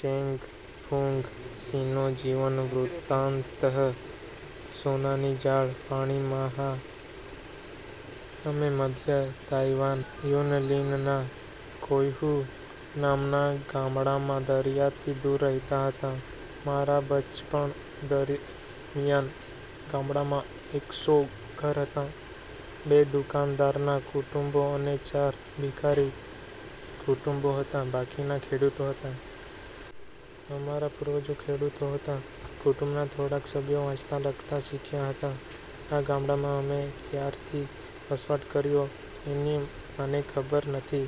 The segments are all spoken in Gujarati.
ચેંગ-ફુંગ-સીનો જીવનવૃતાંત: સોનાની જાળ પાણીમાં: અમે મધ્ય તાઈવાન યુનલીનનાં કૌહુ નામના ગામડામાં દરિયાથી દૂર રહેતા હતાં. મારા બચપણ દરમિયાન ગામડામાં એકસો ઘર હતાં. બે દુકાનદારનાં કુટુંબો અને ચાર ભિખારી કુટુંબો હતાં. બાકીના ખેડૂતો હતા. અમારા પૂર્વજો ખેડૂતો હતા. કુટુંબના થોડાક સભ્યો વાંચતા લખતા શીખ્યા હતા. આ ગામડામાં અમે કયારથી વસવાટ કર્યોં એની મને ખબર નથી.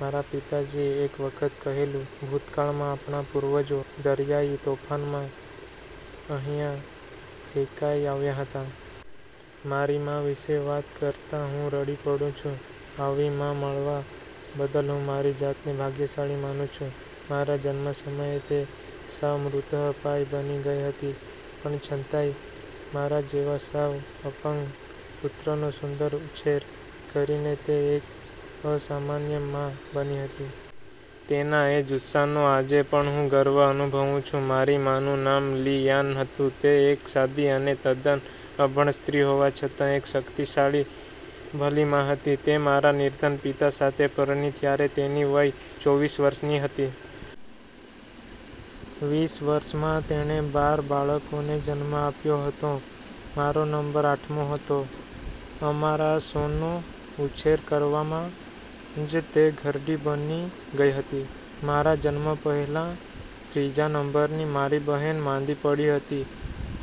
મારા પિતાજીએ એક વખત કહેલું, ''ભૂતકાળમાં આપણા પૂર્વંજો દરિયાઇ તોફાનમાં અહિંયા ફેંકાઇ આવ્યા હતા.'' મારી માં વિષે વાત કરતા હું રડી પડું છું. આવી માં મળવા બદલ હું મારી જાતને ભાગ્યશાળી માનું છું. મારા જન્મ સમયે તે સાવ મૃતઃપાય બની ગઈ હતી, પણ છતાંય મારા જેવા સાવ અપંગ પુત્રનો સુંદર ઉછેર કરીને તે એક અસામાન્ય માં બની હતી. તેના એ જુસ્સાનો આજે પણ હું ગર્વ અનુભવું છું. મારી માં નું નામ લી યાન હતું. તે એક સાદી અને તદ્દન અભણ સ્ત્રી હોવા છતાં એક શક્તિશાળી ભલી માં હતી. તે મારા નિર્ધન પિતા સાથે પરણી ત્યારે તેની વય ચોવીસ વર્ષની હતી. વીસ વર્ષંમાં તેણે બાર બાળકોને જન્મ આપ્યો હતો. મારો નંબર આઠમો હતો. અમારા સૌનો ઉછેર કરવામાં જ તે ઘરડી બની ગઈ હતી. મારા જન્મ પહેલાં ત્રીજા નંબરની મારી બહેન માંદી પડી હતી.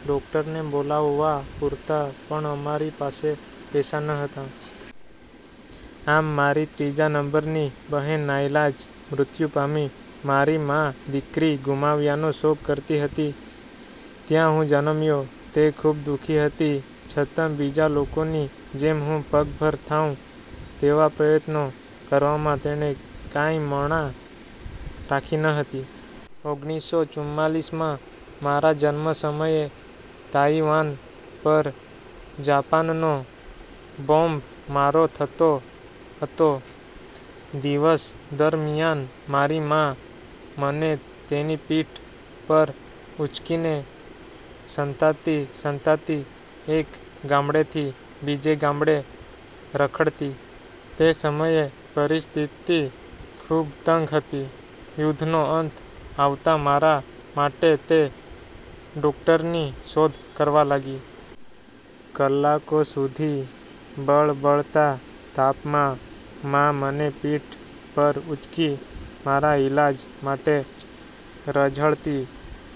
ડૉક્ટરને બોલાવવા પૂરતા પણ અમારી પાસે પૈસા ન હતા. આમ મારી ત્રીજા નંબરની બહેન નાઈલાજ મૃત્યુ પામી. મારી માં દીકરી ગુમાવ્યાનો શોક કરતી હતી ત્યાં હું જન્મ્યો. તે ખૂબ દુઃખી હતી, છતાં બીજા લોકોની જેમ હું પગભર થાઉં તેવા પ્રયત્નો કરવામાં તેણે કાંઈ મણા રાખી ન હતી. ઓગણીસો ચુમ્માંલીસમા મારા જન્મ સમયે તાઈવાન પર જાપાનનો બોમ્બમારો થતો હતો. દિવસ દરમિયાન મારી માં મને તેની પીઠ પર ઊંચકીને સંતાતી-સંતાતી એક ગામડેથી બીજે ગામડે રખડતી. તે સમયે પરિસ્થિતિ ખૂબ તંગ હતી. યુદ્ધનો અંત આવતાં મારા માટે તે ડૉક્ટરની શોધ કરવા લાગી. કલાકો સુધી બળબળતા તાપમા માં મને પીઠ પર ઊંચકી મારા ઇલાજ માટે રઝળતી.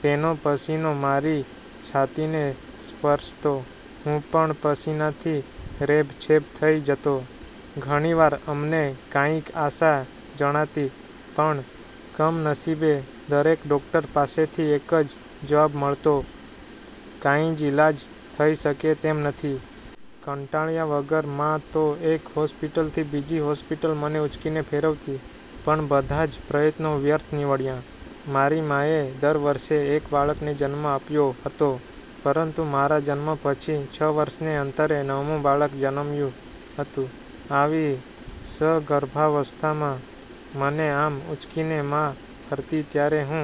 તેનો પસીનો મારી છાતીને સ્પર્શતો. હું પણ પસીનાથી રેબઝેબ થઇ જતો. ઘણીવાર અમને કાંઈક આશા જણાતી, પણ, કમનસીબે દરેક ડૉક્ટર પાસેથી એકજ જવાબ મળતો, ''કાંઈજ ઇલાજ થઈ શકે તેમ નથી.'' કંટાળ્યા વગર મા તો એક હૉસ્પિટલથી બીજી હૉસ્પિટલ મને ઊંચકીને ફેરવતી, પણ બધાજ પ્રયત્નો વ્યર્થ નિવડ્યા. મારી માએ દર વર્ષે એક બાળકને જન્મ આપ્યો હતો. પરંતુ મારા જન્મ પછી છ વર્ષને અંતરે નવમું બાળક જન્મ્યું હતું. આવી સગર્ભાવસ્થામાં મને આમ ઊંચકીને મા ફરતી ત્યારે હું